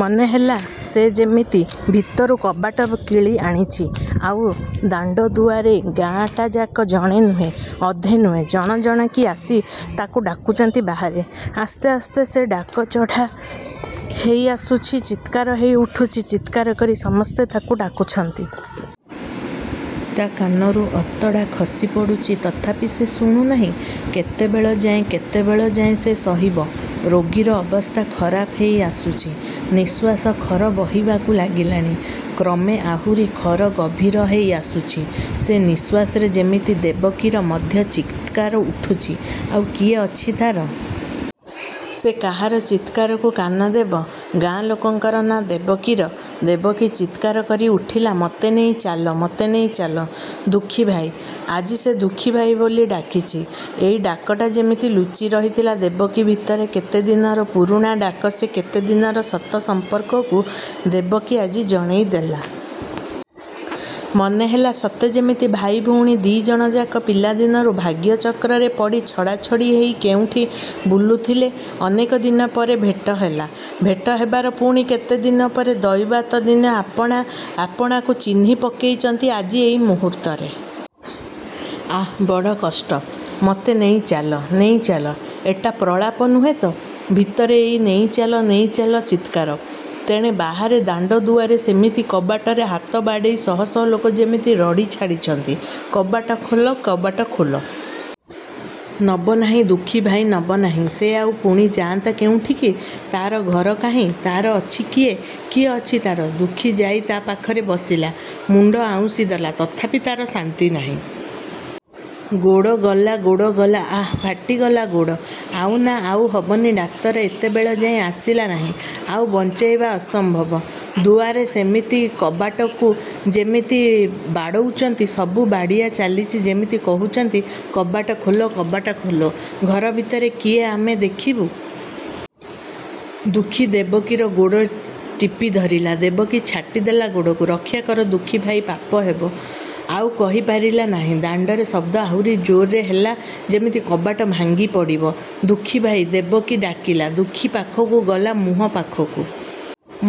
ମନେ ହେଲା; ସେ ଯେମିତି ଭିତରୁ କବାଟ କିଳି ଆଣିଛି। ଆଉ ଦାଣ୍ଡଦୁଆରେ ଗାଁଟାଯାକ ଜଣେ ନୁହେଁ, ଅଧେ ନୁହେଁ ଜଣ ଜଣକି ଆସି ତାକୁ ଡାକୁଚନ୍ତି ବାହାରେ। ଆସ୍ତେ ଆସ୍ତେ ସେ ଡାକ ଚଢ଼ା ହେଇ ଆସୁଛି ଚିତ୍କାର ହେଇ ଉଠୁଛି ଚିତ୍କାର କରି ସମସ୍ତେ ତାକୁ ଡାକୁଛନ୍ତି-। ତା' କାନରୁ ଅତଡ଼ା ଖସି ପଡ଼ୁଛି ତଥାପି ସେ ଶୁଣୁ ନାହିଁ। କେତେବେଳ ଯାଏଁ କେତେବେଳ ଯାଏଁ ସେ ସହିବ? ରୋଗୀର ଅବସ୍ଥା ଖରାପ ହେଇ ଆସୁଛି। ନିଃଶ୍ୱାସ ଖର ବହିବାକୁ ଲାଗିଲାଣି। କ୍ରମେ ଆହୁରି ଖର ଗଭୀର ହେଇ ଆସୁଛି। ସେ ନିଃଶ୍ୱାସରେ ଯେମିତି ଦେବକୀର ମଧ୍ୟ ଚିତ୍କାର ଉଠୁଛି–ଆଉ କିଏ ଅଛି ତା'ର? ସେ କାହାର ଚିତ୍କାରକୁ କାନ ଦେବ? ଗାଁ ଲୋକଙ୍କର ନା ଦେବକୀର? ଦେବକୀ ଚିତ୍କାର କରି ଉଠିଲା ମୋତେ ନେଇ ଚାଲ ମୋତେ ନେଇ ଚାଲ ଦୁଃଖୀ ଭାଇ। ଆଜି ସେ 'ଦୁଃଖୀଭାଇ' ବୋଲି ଡାକିଛି। ଏଇ ଡାକଟା ଯେମିତି ଲୁଚି ରହିଥିଲା ଦେବକୀ ଭିତରେ କେତେ ଦିନର ପୁରୁଣା ଡାକ ସେ କେତେ ଦିନର ସତ ସମ୍ପର୍କକୁ ଦେବକୀ ଆଜି ଜଣେଇ ଦେଲା। ମନେ ହେଲା, ସତେ ଯେମିତି ଭାଇ ଭଉଣୀ ଦି'ଜଣଯାକ ପିଲା ଦିନରୁ ଭାଗ୍ୟଚକ୍ରରେ ପଡ଼ି ଛଡ଼ାଛଡ଼ି ହେଇ କେଉଁଠି ବୁଲୁଥିଲେ ଅନେକ ଦିନପରେ ଭେଟ ହେଲା ଭେଟ ହେବାର ପୁଣି କେତେ ଦିନପରେ ଦୈବାତ ଦିନେ ଆପଣା ଆପଣାକୁ ଚିହ୍ନି ପକେଇଚନ୍ତି ଆଜି ଏଇ ମୁହୂର୍ତ୍ତରେ। ''ଆଃ ବଡ଼ କଷ୍ଟ, ମୋତେ ନେଇ ଚାଲ। ନେଇ ଚାଲ! ଏଟା ପ୍ରଳାପ ନୁହେଁ ତ? ଭିତରେ ଏଇ 'ନେଇଚାଲ, ନେଇଚାଲ' ଚିତ୍କାର। ତେଣେ ବାହାରେ ଦାଣ୍ଡଦୁଆରେ ସେମିତି କବାଟରେ ହାତ ବାଡ଼େଇ ଶହ ଶହ ଲୋକ ଯେମିତି ରଡ଼ି ଛାଡ଼ିଛନ୍ତି ''କବାଟ ଖୋଲ କବାଟ ଖୋଲ। '' ''ନବ ନାହିଁ ଦୁଃଖୀଭାଇ, ନବ ନାହିଁ? '' ସେ ଆଉ ପୁଣି ଯାଆନ୍ତା କେଉଁଠିକି? ତା'ର ଘର କାହିଁ? ତା'ର ଅଛି କିଏ କିଏ ଅଛି ତା'ର? ଦୁଃଖୀ ଯାଇ ତା' ପାଖରେ ବସିଲା। ମୁଣ୍ଡ ଆଉଁଶି ଦେଲା। ତଥାପି ତା'ର ଶାନ୍ତି ନାହିଁ-। ''ଗୋଡ଼ ଗଲା ଗୋଡ଼ ଗଲା ଆଃ ଫାଟି ଗଲା ଗୋଡ଼। '' ଆଉ ନା ଆଉ ହବନି ଡାକ୍ତର ଏତେ ବେଳଯାଏଁ ଆସିଲା ନାହିଁ ଆଉ ବଞ୍ଚେଇବା ଅସମ୍ଭବ। ଦୁଆରେ ସେମିତି କବାଟକୁ ଯେମିତି ବାଡ଼ଉଚନ୍ତି ସବୁ ବାଡ଼ିଆ ଚାଲିଚି ଯେମିତି କହୁଚନ୍ତି କବାଟ ଖୋଲ, କବାଟ ଖୋଲ, ଘର ଭିତରେ କିଏ ଆମେ ଦେଖୁବୁ। ଦୁଃଖୀ ଦେବକୀର ଗୋଡ଼ ଟିପି ଧରିଲା। ଦେବକୀ ଛାଟିଦେଲା ଗୋଡ଼କୁ। ''ରକ୍ଷାକର ଦୁଃଖୀ ଭାଇ ପାପ ହବ। '' ଆଉ କହି ପାରିଲା ନାହିଁ। ଦାଣ୍ଡରେ ଶବ୍ଦ ଆହୁରି ଜୋର୍ରେ ହେଲା ଯେମିତି କବାଟ ଭାଙ୍ଗି ପଡ଼ିବ। ''ଦୁଃଖୀ ଭାଇ! '' ଦେବକୀ ଡାକିଲା। ଦୁଃଖୀ ପାଖକୁ ଗଲା ମୁହଁ ପାଖକୁ।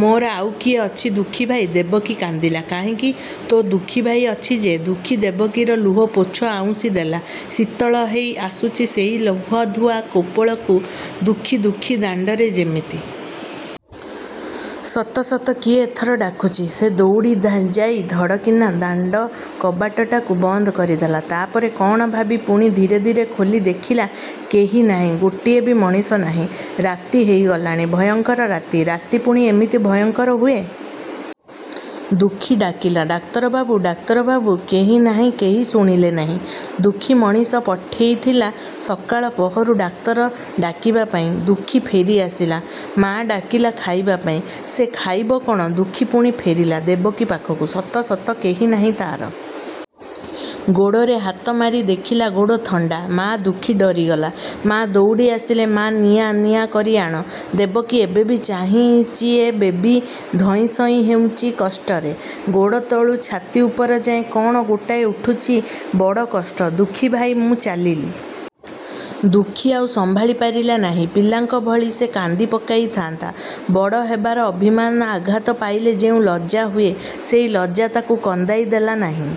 ''ମୋର ଆଉ କିଏ ଅଛି ଦୁଃଖୀ ଭାଇ? '' ଦେବକୀ କାନ୍ଦିଲା। ''କାହିଁକି? ତୋ ଦୁଃଖୀ ଭାଇ ଅଛି ଯେ। '' ଦୁଃଖୀ ଦେବକୀର ଲୁହ ପୋଛ ଆଉଁଶି ଦେଲା, ଶୀତଳ ହେଇ ଆସୁଚି ସେହି ଲୁହଧୁଆ କପୋଳକୁ। 'ଦୁଃଖୀ! ଦୁଃଖୀ! ' ଦାଣ୍ଡରେ ଯେମିତି। ସତ ସତ କିଏ ଏଥର ଡାକୁଛି। ସେ ଦୌଡ଼ି ଯାଇ ଧଡ଼କିନା ଦାଣ୍ଡ କବାଟଟାକୁ ବନ୍ଦ କରିଦେଲା। ତା'ପରେ କ'ଣ ଭାବି ପୁଣି ଧୀରେ ଧୀରେ ଖୋଲି ଦେଖିଲା କେହି ନାହିଁ ଗୋଟିଏବି ମଣିଷ ନାହିଁ। ରାତି ହେଇ ଗଲାଣି। ଭୟଙ୍କର ରାତି। ରାତି ପୁଣି ଏମିତି ଭୟଙ୍କର ହୁଏ। ଦୁଃଖୀ ଡାକିଲା ''ଡାକ୍ତରବାବୁ ଡାକ୍ତରବାବୁ। '' କେହି ନାହିଁ କେହି ଶୁଣିଲେ ନାହିଁ। ଦୁଃଖୀ ମଣିଷ ପଠେଇଥିଲା ସକାଳ ପହରୁ ଡାକ୍ତର ଡାକିବାପାଇଁ। ଦୁଃଖୀ ଫେରି ଆସିଲା। ମା ଡାକିଲା ଖାଇବାପାଇଁ। ସେ ଖାଇବ କ'ଣ? ଦୁଃଖୀ ପୁଣି ଫେରିଲା। ଦେବକୀ ପାଖକୁ। ସତ ସତ କେହି ନାହିଁ ତା'ର। ଗୋଡ଼ରେ ହାତ ମାରି ଦେଖିଲା, ଗୋଡ଼ ଥଣ୍ଡା। ''ମା! '' ଦୁଃଖୀ ଡରିଗଲା। ମା ଦଉଡ଼ି ଆସିଲେ। ''ମା ନିଆଁ! ନିଆଁ କରି ଆଣ। '' ଦେବକୀ ଏବେବି ଚାହିଁଚିଏବେବି ଧଇଁସଇଁ ହେଉଚି କଷ୍ଟରେ। ଗୋଡ଼ତଳୁ ଛାତି ଉପରଯାଏଁ କ'ଣ ଗୋଟାଏ ଉଠୁଚି–ବଡ଼ କଷ୍ଟ। ''ଦୁଃଖୀ ଭାଇ, ମୁଁ ଚାଲିଲି। '' ଦୁଃଖୀ ଆଉ ସମ୍ଭାଳି ପାରିଲା ନାହିଁ। ପିଲାଙ୍କ ଭଳି ସେ କାନ୍ଦି ପକାଇ ଥାନ୍ତା। ବଡ଼ ହେବାର ଅଭିମାନ ଆଘାତ ପାଇଲେ ଯେଉଁ ଲଜ୍ଜା ହୁଏ, ସେଇ ଲଜ୍ଜା ତାକୁ କନ୍ଦାଇ ଦେଲା ନାହିଁ।